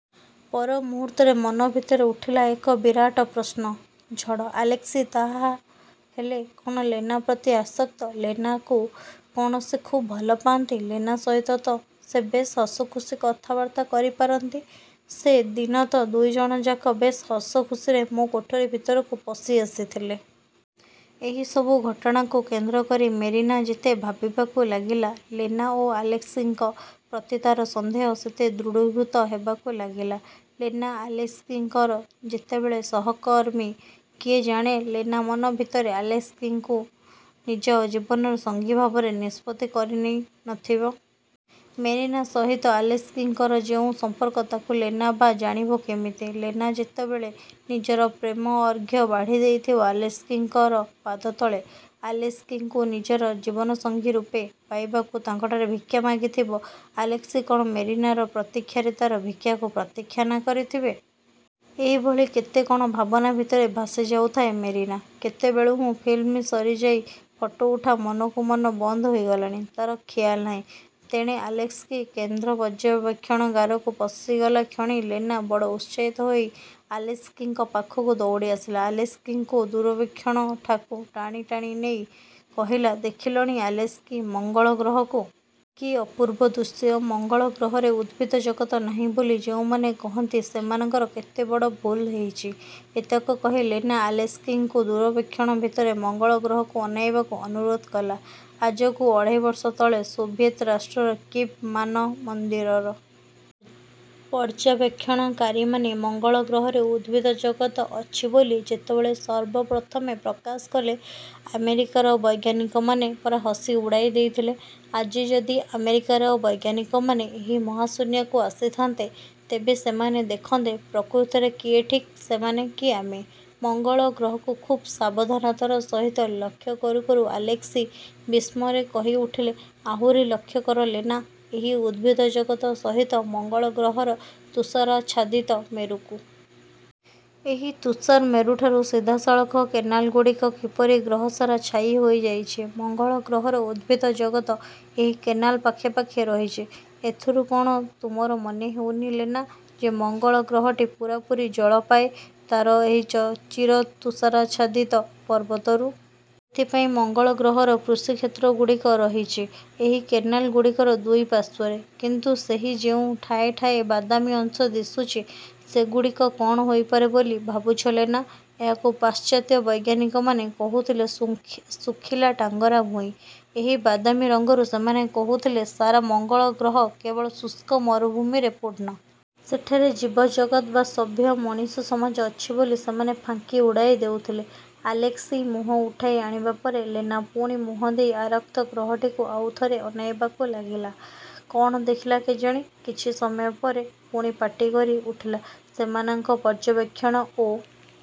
ପର ମୁହୂର୍ତ୍ତରେ ମନ ଭିତରେ ଉଠିଲା ଏକ ବିରାଟ ପ୍ରଶ୍ନ–ଝଡ଼–ଆଲେସ୍କି ତା' ହେଲେ କ'ଣ ଲେନା ପ୍ରତି ଆସକ୍ତ? ଲେନାକୁ କ'ଣ ସେ ଖୁବ୍ ଭଲ ପାଆନ୍ତି? ଲେନା ସହିତ ତ ସେ ବେଶ୍ ହସ ଖୁସି କଥାବାର୍ତ୍ତା କରିପାରନ୍ତି। ସେ ଦିନ ତ ଦୁଇଜଣଯାକ ବେଶ୍ ହସ ଖୁସିରେ ମୋ କୋଠରି ଭିତରକୁ ପଶିଆସିଥିଲେ। ଏହି ସବୁ ଘଟଣାକୁ କେନ୍ଦ୍ର କରି ମେରିନା ଯେତେ ଭାବିବାକୁ ଲାଗିଲା, ଲେନା ଓ ଆଲେସ୍କିଙ୍କ ପ୍ରତି ତା'ର ସନ୍ଦେହ ସେତେ ଦୃଢ଼ୀଭୂତ ହେବାକୁ ଲାଗିଲା। ଲେନା ଆଲେସ୍କିଙ୍କର ଯେତେବେଳେ ସହକର୍ମୀ, କିଏ ଜାଣେ, ଲେନା ମନ ଭିତରେ ଆଲେସ୍କିଙ୍କୁ ନିଜ ଜୀବନର ସଙ୍ଗୀ ଭାବରେ ନିଷ୍ପତ୍ତି କରିନେଇ ନଥିବ। ମେରିନା ସହିତ ଆଲେସ୍କିଙ୍କର ଯେଉଁ ସମ୍ପର୍କ, ତାକୁ ଲେନା ବା ଜାଣିବ କେମିତି? ଲେନା ଯେତେବେଳେ ନିଜର ପ୍ରେମଅର୍ଘ୍ୟ ବାଢ଼ିଦେଇଥିବ ଆଲେସ୍କିଙ୍କର ପାଦତଳେ, ଆଲେସ୍କିଙ୍କୁ ନିଜର ଜୀବନସଙ୍ଗୀ ରୂପେ ପାଇବାକୁ ତାଙ୍କଠାରେ ଭିକ୍ଷା ମାଗିଥିବ, ଆଲେସ୍କି କ'ଣ ମେରିନାର ପ୍ରତୀକ୍ଷାରେ ତା'ର ଭିକ୍ଷାକୁ ପ୍ରତିଖ୍ୟାନା କରିଥିବେ? ଏହିଭଳି କେତେ କଣ ଭାବନା ଭିତରେ ଭାସିଯାଉଥାଏ ମେରିନା। କେତେବେଳୁ ହୁଁ ଫିଲ୍ମ ସରିଯାଇ ଫଟୋଉଠା ମନକୁ ମନ ବନ୍ଦ ହୋଇଗଲାଣି, ତା'ର ଖିଆଲ ନାହିଁ। ତେଣେ ଆଲେସ୍କି କେନ୍ଦ୍ର ପର୍ଯ୍ୟବେକ୍ଷଣଗାରକୁ ପଶିଗଲାକ୍ଷଣି ଲେନା ବଡ଼ ଉତ୍ସାହିତ ହୋଇ ଆଲେସ୍କିଙ୍କ ପାଖକୁ ଦୌଡ଼ିଆସିଲା। ଆଲେସ୍କିଙ୍କୁ ଦୂରବୀକ୍ଷଣଠାକୁ ଟାଣି ଟାଣି ନେଇ କହିଲା–''ଦେଖିଲଣି ଆଲେସ୍କି ମଙ୍ଗଳ ଗ୍ରହକୁ। କି ଅପୂର୍ବ ଦୃଶ୍ୟ। ମଙ୍ଗଳ ଗ୍ରହରେ ଉଦ୍ଭିଦଜଗତ୍ ନାହିଁ ବୋଲି ଯେଉଁମାନେ କହନ୍ତି, ସେମାନଙ୍କର କେତେ ବଡ଼ ଭୁଲ ହେଇଛି। '' ଏତକ କହି ଲେନା ଆଲେସ୍କିଙ୍କୁ ଦୂରବୀକ୍ଷଣ ଭିତରେ ମଙ୍ଗଳ ଗ୍ରହକୁ ଅନେଇବାକୁ ଅନୁରୋଧ କଲା। ''ଆଜକୁ ଅଢ଼େଇ ବର୍ଷ ତଳେ ସୋଭିଏତ୍ ରାଷ୍ଟ୍ରର କିଭ୍ ମାନମନ୍ଦିରର। ପର୍ଯ୍ୟବେକ୍ଷଣକାରୀମାନେ ମଙ୍ଗଳଗ୍ରହରେ ଉଦ୍ଭିଦଜଗତ୍ ଅଛି ବୋଲି ଯେତେବେଳେ ସର୍ବପ୍ରଥମେ ପ୍ରକାଶ କଲେ, ଆମେରିକାର ବୈଜ୍ଞାନିକମାନେ ପରା ହସି ଉଡ଼ାଇ ଦେଇଥିଲେ! ଆଜି ଯଦି ଆମେରିକାର ବୈଜ୍ଞାନିକମାନେ ଏହି ମହାଶୂନ୍ୟକୁ ଆସିଥାନ୍ତେ, ତେବେ ସେମାନେ ଦେଖନ୍ତେ, ପ୍ରକୃତରେ କିଏ ଠିକ୍ ସେମାନେ କି ଆମେ? '' ମଙ୍ଗଳ ଗ୍ରହକୁ ଖୁବ୍ ସାବଧାନତାର ସହିତ ଲକ୍ଷ୍ୟ କରୁ କରୁ ଆଲେକ୍ସି ବିସ୍ମରେ କହି ଉଠିଲେ–''ଆହୁରି ଲକ୍ଷ୍ୟ କର ଲେନା, ଏହି ଉଦ୍ଭିଦଜଗତ୍ ସହିତ ମଙ୍ଗଳଗ୍ରହର ତୁଷାରାଚ୍ଛାଦିତ ମେରୁକୁ। ଏହି ତୁଷାର ମେରୁଠାରୁ ସିଧାସଳଖ କେନାଲଗୁଡ଼ିକ କିପରି ଗ୍ରହସାରା ଛାଇ ହୋଇଯାଇଛି। ମଙ୍ଗଳ ଗ୍ରହର ଉଦ୍ଭିଦ ଜଗତ୍ ଏହି କେନାଲ ପାଖେ ପାଖେ ରହିଛି। ଏଥିରୁ କ'ଣ ତୁମର ମନେ ହେଉନି ଲେନା, ଯେ ମଙ୍ଗଳଗ୍ରହଟି ପୂରାପୂରି ଜଳ ପାଏ ତାର ଏହି ତ ଚିରତୁଷାରାଚ୍ଛାଦିତ ପର୍ବତରୁ? ସେଥିପାଇଁ ମଙ୍ଗଳ ଗ୍ରହର କୃଷିକ୍ଷେତ୍ରଗୁଡ଼ିକ ରହିଛି ଏହି କେନାଲ ଗୁଡ଼ିକର ଦୁଇ ପାର୍ଶ୍ୱରେ। କିନ୍ତୁ ସେହି ଯେଉଁ ଠାଏ ଠାଏ ବାଦାମୀ ଅଂଶ ଦିଶୁଚି, ସେଗୁଡ଼ିକ କ'ଣ ହୋଇପାରେ ବୋଲି ଭାବୁଛ ଲେନା? ଏହାକୁ ପାଶ୍ଚାତ୍ୟ ବୈଜ୍ଞାନିକମାନେ କହୁଥିଲେ ଶୁଙ୍ଖି ଶୁଖିଲା ଟାଙ୍ଗରା ଭୂଇଁ। ଏହି ବାଦାମୀ ରଙ୍ଗରୁ ସେମାନେ କହୁଥିଲେ ସାରା ମଙ୍ଗଳ ଗ୍ରହ କେବଳ ଶୁଷ୍କ ମରୁଭୂମିରେ ପୂର୍ଣ୍ଣ। ସେଠାରେ ଜୀବଜଗତ୍ ବା ସଭ୍ୟ ମଣିଷସମାଜ ଅଛି ବୋଲି ସେମାନେ ଫାଙ୍କି ଉଡ଼ାଇ ଦେଉଥିଲେ। '' ଆଲେକ୍ସି ମୁହଁ ଉଠାଇ ଆଣିବା ପରେ ଲେନା ପୁଣି ମୁହଁଦେଇ ଆରକ୍ତ ଗ୍ରହଟିକୁ ଆଉ ଥରେ ଅନାଇବାକୁ ଲାଗିଲା। କ'ଣ ଦେଖିଲା କେଜାଣି କିଛି ସମୟ ପରେ ପୁଣି ପାଟି କରି ଉଠିଲା–''ସେମାନଙ୍କ ପର୍ଯ୍ୟବେକ୍ଷଣ ଓ